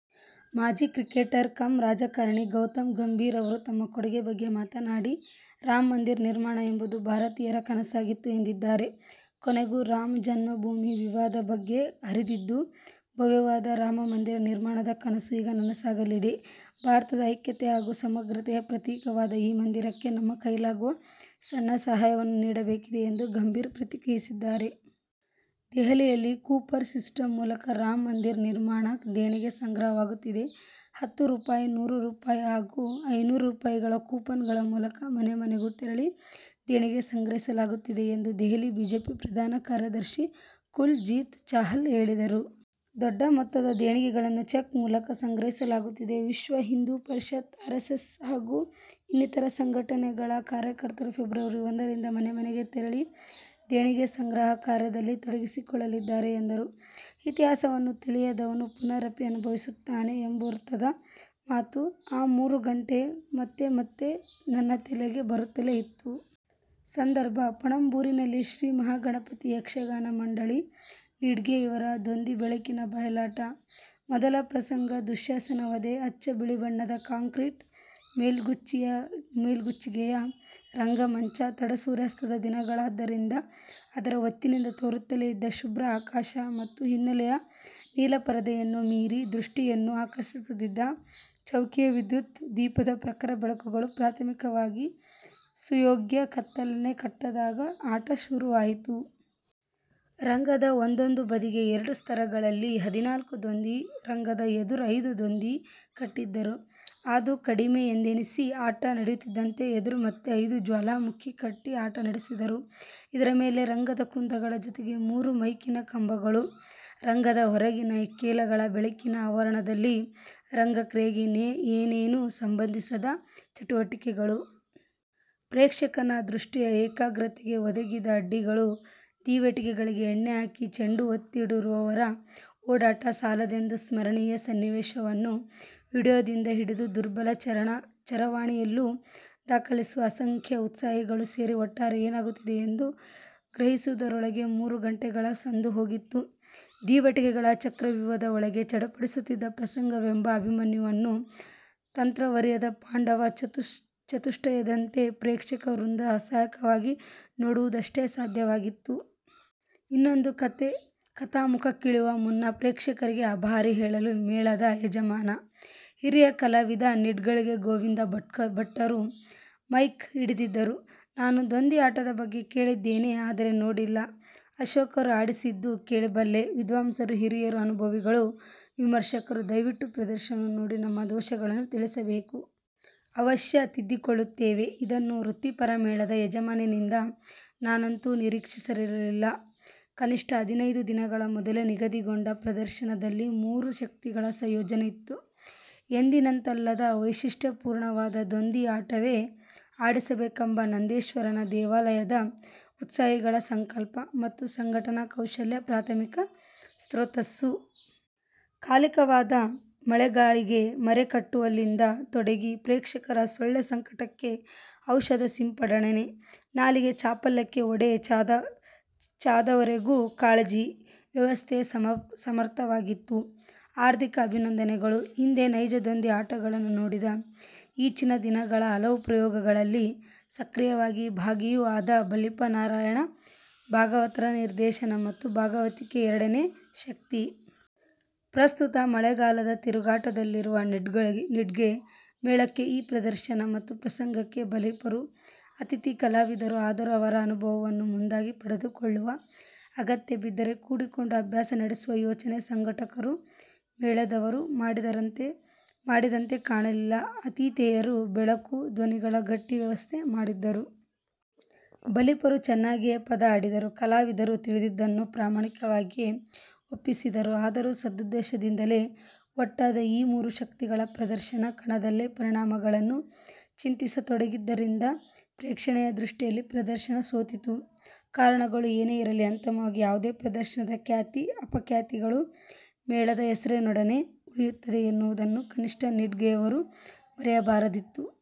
ಮಾಜಿ cricketer cum ರಾಜಕಾರಣಿ ಗೌತಮ್ ಗಂಭೀರ್ ಅವರು ತಮ್ಮ ಕೊಡುಗೆ ಬಗ್ಗೆ ಮಾತನಾಡಿ, ರಾಮ ಮಂದಿರ ನಿರ್ಮಾಣ ಎಂಬುದು ಭಾರತೀಯರ ಕನಸಾಗಿತ್ತು ಎಂದಿದ್ದಾರೆ. ''ಕೊನೆಗೂ ರಾಮ ಜನ್ಮ ಭೂಮಿ ವಿವಾದ ಬಗೆ ಹರಿದಿದ್ದು, ಭವ್ಯವಾದ ರಾಮ ಮಂದಿರ ನಿರ್ಮಾಣದ ಕನಸು ಈಗ ನನಸಾಗಲಿದೆ. ಭಾರತದ ಐಕ್ಯತೆ ಹಾಗೂ ಸಮಗ್ರತೆಯ ಪ್ರತೀಕವಾದ ಈ ಮಂದಿರಕ್ಕೆ ನಮ್ಮ ಕೈಲಾಗುವ ಸಣ್ಣ ಸಹಾಯವನ್ನು ನೀಡಬೇಕಿದೆ'' ಎಂದು ಗಂಭೀರ್ ಪ್ರತಿಕ್ರಿಯಿಸಿದ್ದಾರೆ. ದೆಹಲಿಯಲ್ಲಿ ಕೂಪರ್ ಸಿಸ್ಟಂ ಮೂಲಕ ರಾಮ ಮಂದಿರ ನಿರ್ಮಾಣ ದೇಣಿಗೆ ಸಂಗ್ರಹವಾಗುತ್ತಿದೆ. ಹತ್ತು ರೂಪಾಯಿ, ನೂರು ರೂಪಾಯಿ ಹಾಗೂ ಐನೂರು ರೂಪಾಯಿಗಳ ಕೂಪನ್ ಗಳ ಮೂಲಕ ಮನೆ ಮನೆಗೂ ತೆರಳಿ ದೇಣಿಗೆ ಸಂಗ್ರಹಿಸಲಾಗುತ್ತಿದೆ ಎಂದು ದೆಹಲಿ ಬಿಜೆಪಿ ಪ್ರಧಾನ ಕಾರ್ಯದರ್ಶಿ ಕುಲ್ ಜೀತ್ ಚಾಹಲ್ ಹೇಳಿದರು. ದೊಡ್ಡ ಮೊತ್ತದ ದೇಣಿಗೆಗಳನ್ನು ಚೆಕ್ ಮೂಲಕ್ ಸಂಗ್ರಹಿಸಲಾಗುತ್ತಿದೆ. ವಿಶ್ವಹಿಂದೂಪರಿಷತ್, ಆರೆಸ್ಸೆಸ್ ಹಾಗೂ ಇನ್ನಿತರ ಸಂಘಟನೆಗಳ ಕಾರ್ಯಕರ್ತರು ಫೆಬ್ರವರಿ ಒಂದರಿಂದ ಮನೆ ಮನೆಗೆ ತೆರಳಿ ದೇಣಿಗೆ ಸಂಗ್ರಹ ಕಾರ್ಯದಲ್ಲಿ ತೊಡಗಿಕೊಳ್ಳಲಿದ್ದಾರೆ ಎಂದರು. ಇತಿಹಾಸವನ್ನು ತಿಳಿಯದವನು ಪುನರಪಿ ಅನುಭವಿಸುತ್ತಾನೆ ಎಂಬರ್ಥದ ಮಾತು ಆ ಮೂರೂ ಗಂಟೆ ಮತ್ತೆ ಮತ್ತೆ ನನ್ನ ತಲೆಗೆ ಬರುತ್ತಲೇ ಇತ್ತು. ಸಂದರ್ಭ ಪಣಂಬೂರಿನಲ್ಲಿ ಶ್ರೀ ಮಹಾಗಣಪತಿ ಯಕ್ಷಗಾನ ಮಂಡಳಿ, ನಿಡ್ಲೆ ಇವರ ದೊಂದಿ ಬೆಳಕಿನ ಬಯಲಾಟ. ಮೊದಲ ಪ್ರಸಂಗ ದುಶ್ಶಾಸನ ವಧೆ. ಅಚ್ಚ ಬಿಳಿ ಬಣ್ಣದ ಕಾಂಕ್ರಿಟ್ ಮೇಲ್ಮುಚ್ಚಿಗೆಯ ರಂಗಮಂಚ, ತಡ-ಸೂರ್ಯಾಸ್ತದ ದಿನಗಳಾದ್ದರಿಂದ ಅದರ ಒತ್ತಿನಿಂದ ತೋರುತ್ತಲೇ ಇದ್ದ ಶುಭ್ರ ಆಕಾಶ ಮತ್ತು ಹಿನ್ನೆಲೆಯ ನೀಲಪರದೆಯನ್ನು ಮೀರಿ ದೃಷ್ಟಿಯನ್ನು ಆಕರ್ಷಿಸುತ್ತಿದ್ದ ಚೌಕಿಯ ವಿದ್ಯುತ್ ದೀಪದ ಪ್ರಖರ ಬೆಳಕುಗಳು ಪ್ರಾಥಮಿಕವಾಗಿ ಸುಯೋಗ್ಯ ಕತ್ತಲನ್ನೇ ಕಟ್ಟದಾಗ ಆಟ ಸುರುವಾಯ್ತು. ರಂಗದ ಒಂದೊಂದು ಬದಿಗೆ ಎರಡು ಸ್ತರಗಳಲ್ಲಿ ಹದಿನಾಲ್ಕು ದೊಂದಿ, ರಂಗದ ಎದುರು ಐದು ದೊಂದಿ ಕಟ್ಟಿದ್ದರು. ಅದೂ ಕಡಿಮೆ ಎಂದನ್ನಿಸಿ, ಆಟ ನಡೆಯುತ್ತಿದ್ದಂತೆ ಎದುರು ಮತ್ತೆ ಐದು ಜ್ವಾಲಾಮುಖಿ ಕಟ್ಟಿ ಆಟ ನಡೆಸಿದರು. ಇದರ ಮೇಲೆ ರಂಗದ ಕುಂದಗಳ ಜೊತೆಗೆ ಮೂರು ಮೈಕಿನ ಕಂಬಗಳು, ರಂಗದ ಹೊರಗಿನ ಇಕ್ಕೆಲಗಳ ಬೆಳಕಿನ ಆವರಣದಲ್ಲಿ ರಂಗಕ್ರಿಯೆಗೆ ಏನೇನೂ ಸಂಬಂಧಿಸದ ಚಟುವಟಿಕೆಗಳು. ಪ್ರೇಕ್ಷಕನ ದೃಷ್ಟಿಯ ಏಕಾಗ್ರತೆಗೆ ಒದಗಿದ ಅಡ್ಡಿಗಳು. ದೀವಟಿಗೆಗಳಿಗೆ ಎಣ್ಣೆ ಹಾಕಿ, ಚೆಂಡು ಒತ್ತಿಡುವವರ ಓಡಾಟ ಸಾಲದೆಂದು ಸ್ಮರಣೀಯ ಸನ್ನಿವೇಶವನ್ನು ವಿಡಿಯೋದಿಂದ ಹಿಡಿದು ದುರ್ಬಲ ಚರವಾಣಿಯಲ್ಲೂ ದಾಖಲಿಸುವ ಅಸಂಖ್ಯ ಉತ್ಸಾಹಿಗಳೂ ಸೇರಿ ಒಟ್ಟಾರೆ ಏನಾಗುತ್ತಿದೆಯೆಂದು ಗ್ರಹಿಸುವುದರೊಳಗೆ ಮೂರು ಗಂಟೆಗಳೇ ಸಂದು ಹೋಗಿತ್ತು. ದೀವಟಿಗೆಗಳ ಚಕ್ರವ್ಯೂಹದ ಒಳಗೆ ಚಡಪಡಿಸುತ್ತಿದ್ದ ಪ್ರಸಂಗವೆಂಬ ಅಭಿಮನ್ಯುವನ್ನು ತಂತ್ರವರಿಯದ ಪಾಂಡವ ಚತುಷ್ಟಯದಂತೆ ಪ್ರೇಕ್ಷಕ ವೃಂದ ಅಸಹಾಯಕವಾಗಿ ನೋಡುವುದಷ್ಟೇ ಸಾಧ್ಯವಾಗಿತ್ತು. ಇನ್ನೊಂದು ಕಥಾಮುಖಕ್ಕಿಳಿವ ಮುನ್ನ ಪ್ರೇಕ್ಷಕರಿಗೆ ಅಭಾರಿ ಹೇಳಲು ಮೇಳದ ಯಜಮಾನ, ಹಿರಿಯ ಕಲಾವಿದ ನಿಡ್ಳೆ ಗೋವಿಂದ ಭಟ್ಟರು ಮೈಕ್ ಹಿಡಿದಿದ್ದರು. "ನಾನು ದೊಂದಿ ಆಟದ ಬಗ್ಗೆ ಕೇಳಿದ್ದೇನೆ. ಆದರೆ ನೋಡಿಲ್ಲ. ಅಶೋಕರು ಆಡಿಸಿದ್ದು ಕೇಳಿಬಲ್ಲೆ. ವಿದ್ವಾಂಸರು, ಹಿರಿಯರು, ಅನುಭವಿಗಳು, ವಿಮರ್ಶಕರು ದಯವಿಟ್ಟು ಪ್ರದರ್ಶನವನ್ನು ನೋಡಿ ನಮ್ಮ ದೋಷಗಳನ್ನು ತಿಳಿಸಬೇಕು. ಅವಶ್ಯ ತಿದ್ದಿಕೊಳ್ಳುತ್ತೇವೆ. " ಇದನ್ನು ವೃತ್ತಿಪರ ಮೇಳದ ಯಜಮಾನನಿಂದ ನಾನಂತೂ ನಿರೀಕ್ಷಿಸಿರಲಿಲ್ಲ. ಕನಿಷ್ಠ ಹದಿನೈದು ದಿನಗಳ ಮೊದಲೇ ನಿಗದಿಕೊಂಡ ಪ್ರದರ್ಶನದಲ್ಲಿ ಮೂರು ಶಕ್ತಿಗಳ ಸಂಯೋಜನೆ ಇತ್ತು. ಎಂದಿನಂತಲ್ಲದ, ವೈಶಿಷ್ಟ್ಯಪೂರ್ಣವಾದ ದೊಂದಿ ಆಟವೇ ಆಡಿಸಬೇಕೆಂಬ ನಂದನೇಶ್ವರ ದೇವಾಲಯದ ಉತ್ಸಾಹಿಗಳ ಸಂಕಲ್ಪ ಮತ್ತು ಸಂಘಟನಾ ಕೌಶಲ್ಯ ಪ್ರಾಥಮಿಕ ಸ್ರೋತಸ್ಸು. ಕಾಲಿಕವಾದ ಮಳೆಗಾಳಿಗೆ ಮರೆ ಕಟ್ಟುವಲ್ಲಿಂದ ತೊಡಗಿ, ಪ್ರೇಕ್ಷಕರ ಸೊಳ್ಳೆ ಸಂಕಟಕ್ಕೆ ಔಷಧ ಸಿಂಪಡಣೆ, ನಾಲಿಗೆ ಚಾಪಲ್ಯಕ್ಕೆ ವಡೆ ಚಾದವರೆಗೂ ಕಾಳಜಿ, ವ್ಯವಸ್ಥೆ ಸಮರ್ಥವಾಗಿತ್ತು; ಹಾರ್ದಿಕ ಅಭಿನಂದನೆಗಳು. ಹಿಂದೆ ನೈಜ ದೊಂದಿ ಆಟಗಳನ್ನು ನೋಡಿದ, ಈಚಿನ ದಿನಗಳ ಹಲವು ಪ್ರಯೋಗಗಳಲ್ಲಿ ಸಕ್ರಿಯವಾಗಿ ಭಾಗಿಯೂ ಆದ ಬಲಿಪ ನಾರಾಯಣ ಭಾಗವತರ ನಿರ್ದೇಶನ ಮತ್ತು ಭಾಗವತಿಕೆ ಎರಡನೇ ಶಕ್ತಿ. ಪ್ರಸ್ತುತ ಮಳೆಗಾಲದ ತಿರುಗಾಟದಲ್ಲಿರುವ ನಿಡ್ಳೆ ಮೇಳಕ್ಕೆ ಈ ಪ್ರದರ್ಶನ ಮತ್ತು ಪ್ರಸಂಗಕ್ಕೆ ಬಲಿಪರು ಅತಿಥಿ ಕಲಾವಿದರು. ಆದರೂ ಅವರ ಅನುಭವವನ್ನು ಮುಂದಾಗಿ ಪಡೆದುಕೊಳ್ಳುವ, ಅಗತ್ಯ ಬಿದ್ದರೆ ಕೂಡಿಕೊಂಡು ಅಭ್ಯಾಸ ನಡೆಸುವ ಯೋಚನೆ ಸಂಘಟಕರೂ ಮೇಳದವರೂ ಮಾಡಿದಂತೆ ಕಾಣಲಿಲ್ಲ. ಆತಿಥೇಯರು ಬೆಳಕು, ಧ್ವನಿಗಳ ಗಟ್ಟಿ ವ್ಯವಸ್ಥೆ ಮಾಡಿದ್ದರು. ಬಲಿಪರು ಚೆನ್ನಾಗಿಯೇ ಪದ ಹಾಡಿದರು. ಕಲಾವಿದರು ತಿಳಿದದ್ದನ್ನು ಪ್ರಾಮಾಣಿಕವಾಗಿಯೇ ಒಪ್ಪಿಸಿದರು. ಆದರೂ ಸದುದ್ದೇಶದಿಂದಲೇ ಒಟ್ಟಾದ ಈ ಮೂರೂ ಶಕ್ತಿಗಳು ಪ್ರದರ್ಶನ ಕಣದಲ್ಲೇ ಪರಿಣಾಮಗಳನ್ನು ಚಿಂತಿಸತೊಡಗಿದ್ದರಿಂದ ಪ್ರೇಕ್ಷಣೆಯ ದೃಷ್ಟಿಯಲ್ಲಿ ಪ್ರದರ್ಶನ ಸೋತಿತು! ಕಾರಣಗಳು ಏನೇ ಇರಲಿ, ಅಂತಿಮವಾಗಿ ಯಾವುದೇ ಪ್ರದರ್ಶನದ ಖ್ಯಾತಿ ಅಪಖ್ಯಾತಿಗಳು ಮೇಳದ ಹೆಸರಿನೊಡನೆ ಉಳಿಯುತ್ತದೆ ಎನ್ನುವುದನ್ನು ಕನಿಷ್ಠ ನಿಡ್ಳೆಯವರು ಮರೆಯಬಾರದಿತ್ತು.